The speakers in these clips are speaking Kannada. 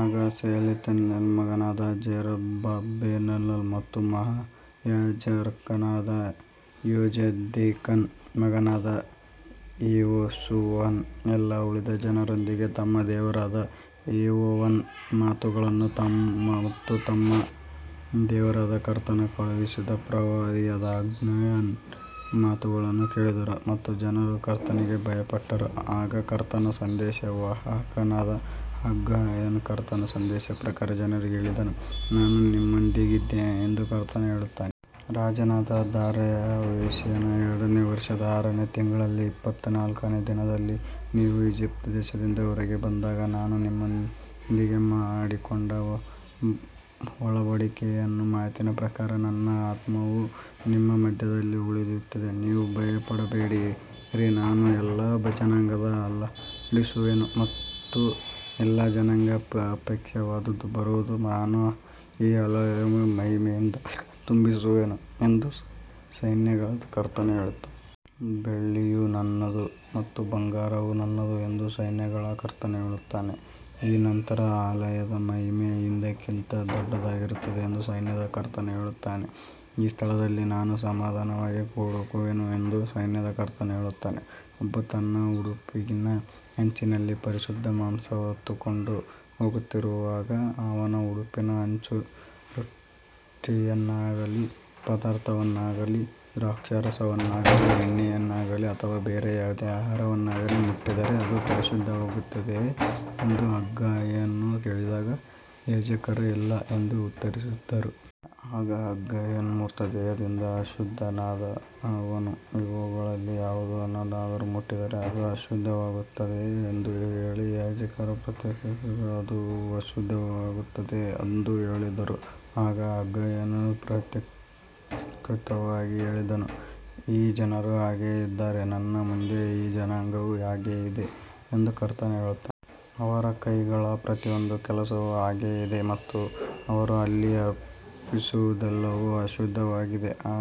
ಆಗ ಶೆಯಲ್ತೀಯೇಲನ ಮಗನಾದ ಜೆರುಬ್ಬಾಬೆಲನು ಮತ್ತು ಮಹಾಯಾಜಕನಾದ ಯೋಸೇದೇಕನ ಮಗನಾದ ಯೆಹೋಶುವನು ಎಲ್ಲಾ ಉಳಿದ ಜನರೊಂದಿಗೆ ತಮ್ಮ ದೇವರಾದ ಯೆಹೋವನ ಮಾತುಗಳನ್ನು ಮತ್ತು ತಮ್ಮ ದೇವರಾದ ಕರ್ತನು ಕಳುಹಿಸಿದ ಪ್ರವಾದಿಯಾದ ಹಗ್ಗಾಯನ ಮಾತುಗಳನ್ನು ಕೇಳಿದರು ಮತ್ತು ಜನರು ಕರ್ತನಿಗೆ ಭಯಪಟ್ಟರು. ಆಗ ಕರ್ತನ ಸಂದೇಶವಾಹಕನಾದ ಹಗ್ಗಾಯನು ಕರ್ತನ ಸಂದೇಶದ ಪ್ರಕಾರ ಜನರಿಗೆ ಹೇಳಿದನು, ನಾನು ನಿಮ್ಮೊಂದಿಗಿದ್ದೇನೆ ಎಂದು ಕರ್ತನು ಹೇಳುತ್ತಾನೆ. ರಾಜನಾದ ದಾರ್ಯಾವೇಶನ ಎರಡನೆಯ ವರ್ಷದ ಆರನೆಯ ತಿಂಗಳಿನ ಇಪ್ಪತ್ತನಾಲ್ಕನೆಯ ದಿನದಲ್ಲಿ, ನೀವು ಈಜಿಪ್ಟ್ ದೇಶದಿಂದ ಹೊರಗೆ ಬಂದಾಗ ನಾನು ನಿಮ್ಮೊಂದಿಗೆ ಮಾಡಿಕೊಂಡ ಒಡಂಬಡಿಕೆಯ ಮಾತಿನ ಪ್ರಕಾರ ನನ್ನ ಆತ್ಮವು ನಿಮ್ಮ ಮಧ್ಯದಲ್ಲಿ ಉಳಿಯುತ್ತದೆ, ನೀವು ಭಯಪಡಬೇಡಿರಿ. ನಾನು ಎಲ್ಲಾ ಜನಾಂಗಗಳನ್ನು ಅಲ್ಲಾಡಿಸುವೆನು ಮತ್ತು ಎಲ್ಲಾ ಜನಾಂಗಗಳ ಅಪೇಕ್ಷಿತವಾದದ್ದು ಬರುವುದು, ನಾನು ಈ ಆಲಯವನ್ನು ಮಹಿಮೆಯಿಂದ ತುಂಬಿಸುವೆನು ಎಂದು ಸೈನ್ಯಗಳ ಕರ್ತನು ಹೇಳುತ್ತಾನೆ. ಬೆಳ್ಳಿಯು ನನ್ನದು ಮತ್ತು ಬಂಗಾರವೂ ನನ್ನದು ಎಂದು ಸೈನ್ಯಗಳ ಕರ್ತನು ಹೇಳುತ್ತಾನೆ. ಈ ನಂತರದ ಆಲಯದ ಮಹಿಮೆಯು ಹಿಂದಿನದಕ್ಕಿಂತ ದೊಡ್ಡದಾಗಿರುವುದು ಎಂದು ಸೈನ್ಯಗಳ ಕರ್ತನು ಹೇಳುತ್ತಾನೆ. ಈ ಸ್ಥಳದಲ್ಲಿ ನಾನು ಸಮಾಧಾನವನ್ನು ಕೊಡುವೆನು ಎಂದು ಸೈನ್ಯಗಳ ಕರ್ತನು ಹೇಳುತ್ತಾನೆ. ಒಬ್ಬನು ತನ್ನ ಉಡುಪಿನ ಅಂಚಿನಲ್ಲಿ ಪರಿಶುದ್ಧ ಮಾಂಸವನ್ನು ಹೊತ್ತುಕೊಂಡು ಹೋಗುತ್ತಿರುವಾಗ, ಅವನ ಉಡುಪಿನ ಅಂಚು ರೊಟ್ಟಿಯನ್ನಾಗಲಿ, ಪದಾರ್ಥವನ್ನಾಗಲಿ, ದ್ರಾಕ್ಷಾರಸವನ್ನಾಗಲಿ, ಎಣ್ಣೆಯನ್ನಾಗಲಿ ಅಥವಾ ಬೇರೆ ಯಾವುದೇ ಆಹಾರವನ್ನಾಗಲಿ ಮುಟ್ಟಿದರೆ ಅದು ಪರಿಶುದ್ಧವಾಗುತ್ತದೆಯೇ ಎಂದು ಹಗ್ಗಾಯನು ಕೇಳಿದಾಗ ಯಾಜಕರು ಇಲ್ಲ ಎಂದು ಉತ್ತರಿಸಿದರು. ಆಗ ಹಗ್ಗಾಯನು, ಮೃತದೇಹದಿಂದ ಅಶುದ್ಧನಾದವನು ಇವುಗಳಲ್ಲಿ ಯಾವುದನ್ನಾದರೂ ಮುಟ್ಟಿದರೆ ಅದು ಅಶುದ್ಧವಾಗುತ್ತದೆಯೇ ಎಂದು ಕೇಳಿದನು. ಯಾಜಕರು ಪ್ರತ್ಯುತ್ತರವಾಗಿ ಅದು ಅಶುದ್ಧವಾಗುತ್ತದೆ ಎಂದು ಹೇಳಿದರು. ಆಗ ಹಗ್ಗಾಯನು ಪ್ರತ್ಯುತ್ತರವಾಗಿ ಹೇಳಿದನು, ಈ ಜನರೂ ಹಾಗೆಯೇ ಇದ್ದಾರೆ, ನನ್ನ ಮುಂದೆ ಈ ಜನಾಂಗವೂ ಹಾಗೆಯೇ ಇದೆ ಎಂದು ಕರ್ತನು ಹೇಳುತ್ತಾನೆ. ಅವರ ಕೈಗಳ ಪ್ರತಿಯೊಂದು ಕೆಲಸವೂ ಹಾಗೆಯೇ ಇದೆ ಮತ್ತು ಅವರು ಅಲ್ಲಿ ಅರ್ಪಿಸುವುದೆಲ್ಲವೂ ಅಶುದ್ಧವಾಗಿದೆ. ಆ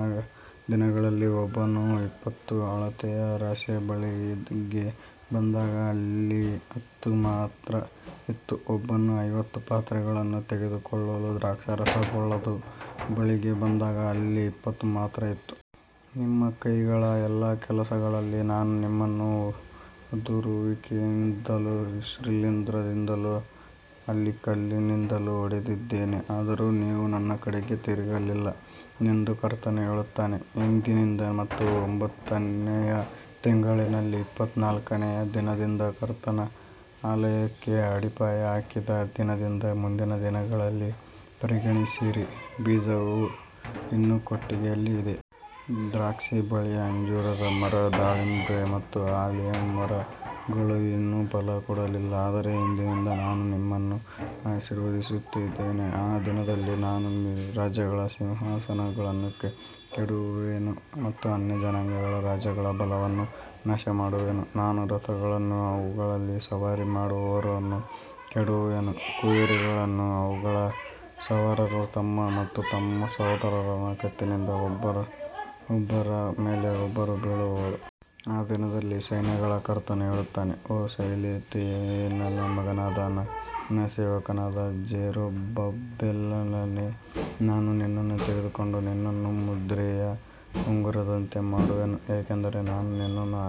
ದಿನಗಳಲ್ಲಿ ಒಬ್ಬನು ಇಪ್ಪತ್ತು ಅಳತೆಯ ರಾಶಿಯ ಬಳಿಗೆ ಬಂದಾಗ ಅಲ್ಲಿ ಹತ್ತು ಮಾತ್ರ ಇತ್ತು. ಒಬ್ಬನು ಐವತ್ತು ಪಾತ್ರೆಗಳನ್ನು ತೆಗೆದುಕೊಳ್ಳಲು ದ್ರಾಕ್ಷಾರಸದ ಕೊಳದ ಬಳಿಗೆ ಬಂದಾಗ ಅಲ್ಲಿ ಇಪ್ಪತ್ತು ಮಾತ್ರ ಇತ್ತು. ನಿಮ್ಮ ಕೈಗಳ ಎಲ್ಲಾ ಕೆಲಸಗಳಲ್ಲಿ ನಾನು ನಿಮ್ಮನ್ನು ಊದುವಿಕೆಯಿಂದಲೂ ಶಿಲೀಂಧ್ರದಿಂದಲೂ ಆಲಿಕಲ್ಲಿನಿಂದಲೂ ಹೊಡೆದಿದ್ದೇನೆ, ಆದರೂ ನೀವು ನನ್ನ ಕಡೆಗೆ ತಿರುಗಲಿಲ್ಲ ಎಂದು ಕರ್ತನು ಹೇಳುತ್ತಾನೆ. ಇಂದಿನಿಂದ ಮತ್ತು ಒಂಬತ್ತನೆಯ ತಿಂಗಳಿನ ಇಪ್ಪತ್ತನಾಲ್ಕನೆಯ ದಿನದಿಂದ, ಕರ್ತನ ಆಲಯಕ್ಕೆ ಅಡಿಪಾಯ ಹಾಕಿದ ದಿನದಿಂದ ಮುಂದಿನ ದಿನಗಳನ್ನು ಪರಿಗಣಿಸಿರಿ. ಬೀಜವು ಇನ್ನೂ ಕೊಟ್ಟಿಗೆಯಲ್ಲಿ ಇದೆಯೇ? ದ್ರಾಕ್ಷಿಬಳ್ಳಿ, ಅಂಜೂರದ ಮರ, ದಾಳಿಂಬೆ ಮತ್ತು ಆಲಿವ್ ಮರಗಳು ಇನ್ನೂ ಫಲ ಕೊಡಲಿಲ್ಲ. ಆದರೆ ಇಂದಿನಿಂದ ನಾನು ನಿಮ್ಮನ್ನು ಆಶೀರ್ವದಿಸುವೆನು. ಆ ದಿನದಲ್ಲಿ ನಾನು ರಾಜ್ಯಗಳ ಸಿಂಹಾಸನಗಳನ್ನು ಕೆಡವುವೆನು ಮತ್ತು ಅನ್ಯಜನಾಂಗಗಳ ರಾಜ್ಯಗಳ ಬಲವನ್ನು ನಾಶಮಾಡುವೆನು. ನಾನು ರಥಗಳನ್ನೂ ಅವುಗಳಲ್ಲಿ ಸವಾರಿ ಮಾಡುವವರನ್ನೂ ಕೆಡವುವೆನು. ಕುದುರೆಗಳೂ ಅವುಗಳ ಸವಾರರೂ ತಮ್ಮ ತಮ್ಮ ಸಹೋದರನ ಕತ್ತಿಯಿಂದ ಒಬ್ಬರ ಮೇಲೆ ಒಬ್ಬರು ಬೀಳುವರು. ಆ ದಿನದಲ್ಲಿ ಸೈನ್ಯಗಳ ಕರ್ತನು ಹೇಳುತ್ತಾನೆ, ಓ ಶೆಯಲ್ತೀಯೇಲನ ಮಗನಾದ ನನ್ನ ಸೇವಕನಾದ ಜೆರುಬ್ಬಾಬೆಲನೇ, ನಾನು ನಿನ್ನನ್ನು ತೆಗೆದುಕೊಂಡು ನಿನ್ನನ್ನು ಮುದ್ರೆಯ ಉಂಗುರದಂತೆ ಮಾಡುವೆನು, ಏಕೆಂದರೆ ನಾನು ನಿನ್ನನ್ನು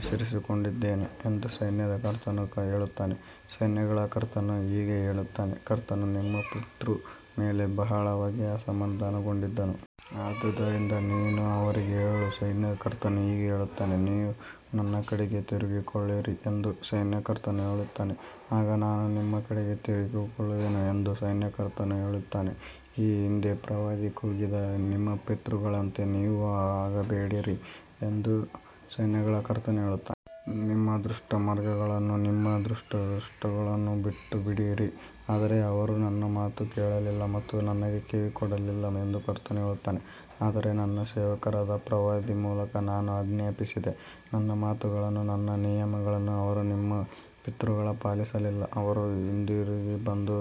ಆರಿಸಿಕೊಂಡಿದ್ದೇನೆ ಎಂದು ಸೈನ್ಯಗಳ ಕರ್ತನು ಹೇಳುತ್ತಾನೆ. ಸೈನ್ಯಗಳ ಕರ್ತನು ಹೀಗೆ ಹೇಳುತ್ತಾನೆ, ಕರ್ತನು ನಿಮ್ಮ ಪಿತೃಗಳ ಮೇಲೆ ಬಹಳವಾಗಿ ಅಸಮಾಧಾನಗೊಂಡಿದ್ದನು. ಆದ್ದರಿಂದ ನೀನು ಅವರಿಗೆ ಹೇಳು, ಸೈನ್ಯಗಳ ಕರ್ತನು ಹೀಗೆ ಹೇಳುತ್ತಾನೆ, ನೀವು ನನ್ನ ಕಡೆಗೆ ತಿರುಗಿಕೊಳ್ಳಿರಿ ಎಂದು ಸೈನ್ಯಗಳ ಕರ್ತನು ಹೇಳುತ್ತಾನೆ, ಆಗ ನಾನು ನಿಮ್ಮ ಕಡೆಗೆ ತಿರುಗಿಕೊಳ್ಳುವೆನು ಎಂದು ಸೈನ್ಯಗಳ ಕರ್ತನು ಹೇಳುತ್ತಾನೆ. ಈ ಹಿಂದೆ ಪ್ರವಾದಿಗಳು ಕೂಗಿದ ನಿಮ್ಮ ಪಿತೃಗಳಂತೆ ನೀವೂ ಆಗಬೇಡಿರಿ ಎಂದು ಸೈನ್ಯಗಳ ಕರ್ತನು ಹೇಳುತ್ತಾನೆ. ನಿಮ್ಮ ದುಷ್ಟ ಮಾರ್ಗಗಳನ್ನೂ ನಿಮ್ಮ ದುಷ್ಕೃತ್ಯಗಳನ್ನೂ ಬಿಟ್ಟುಬಿಡಿರಿ. ಆದರೆ ಅವರು ನನ್ನ ಮಾತನ್ನು ಕೇಳಲಿಲ್ಲ ಮತ್ತು ನನಗೆ ಕಿವಿಗೊಡಲಿಲ್ಲ ಎಂದು ಕರ್ತನು ಹೇಳುತ್ತಾನೆ. ಆದರೆ ನನ್ನ ಸೇವಕರಾದ ಪ್ರವಾದಿಗಳ ಮೂಲಕ ನಾನು ಆಜ್ಞಾಪಿಸಿದ ನನ್ನ ಮಾತುಗಳನ್ನೂ ನನ್ನ ನಿಯಮಗಳನ್ನೂ ಅವರು ನಿಮ್ಮ ಪಿತೃಗಳು ಪಾಲಿಸಲಿಲ್ಲ. ಅವರು ಹಿಂತಿರುಗಿ ಬಂದು,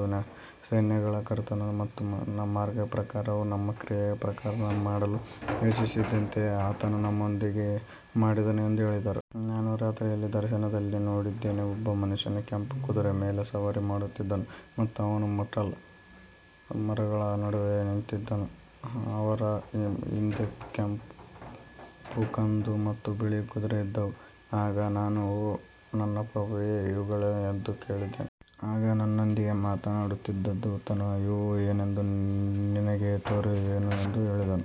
ಸೈನ್ಯಗಳ ಕರ್ತನು ನಮ್ಮ ಮಾರ್ಗಗಳ ಪ್ರಕಾರವೂ ನಮ್ಮ ಕ್ರಿಯೆಗಳ ಪ್ರಕಾರವೂ ನಮಗೆ ಮಾಡಲು ಯೋಚಿಸಿದಂತೆಯೇ ಆತನು ನಮ್ಮೊಂದಿಗೆ ಮಾಡಿದನು ಎಂದು ಹೇಳಿದರು. ನಾನು ರಾತ್ರಿಯಲ್ಲಿ ದರ್ಶನದಲ್ಲಿ ನೋಡಿದೆನು. ಒಬ್ಬ ಮನುಷ್ಯನು ಕೆಂಪು ಕುದುರೆಯ ಮೇಲೆ ಸವಾರಿ ಮಾಡುತ್ತಿದ್ದನು ಮತ್ತು ಅವನು ಮರ್ಟಲ್ ಮರಗಳ ನಡುವೆ ನಿಂತಿದ್ದನು. ಅವನ ಹಿಂದೆ ಕೆಂಪು, ಕಂದು ಮತ್ತು ಬಿಳಿ ಕುದುರೆಗಳು ಇದ್ದವು. ಆಗ ನಾನು, ಓ ನನ್ನ ಪ್ರಭುವೇ, ಇವುಗಳೇನು ಎಂದು ಕೇಳಿದೆನು. ಆಗ ನನ್ನೊಂದಿಗೆ ಮಾತನಾಡುತ್ತಿದ್ದ ದೂತನು, ಇವು ಏನೆಂದು ನಾನು ನಿನಗೆ ತೋರಿಸುವೆನು ಎಂದು ಹೇಳಿದನು.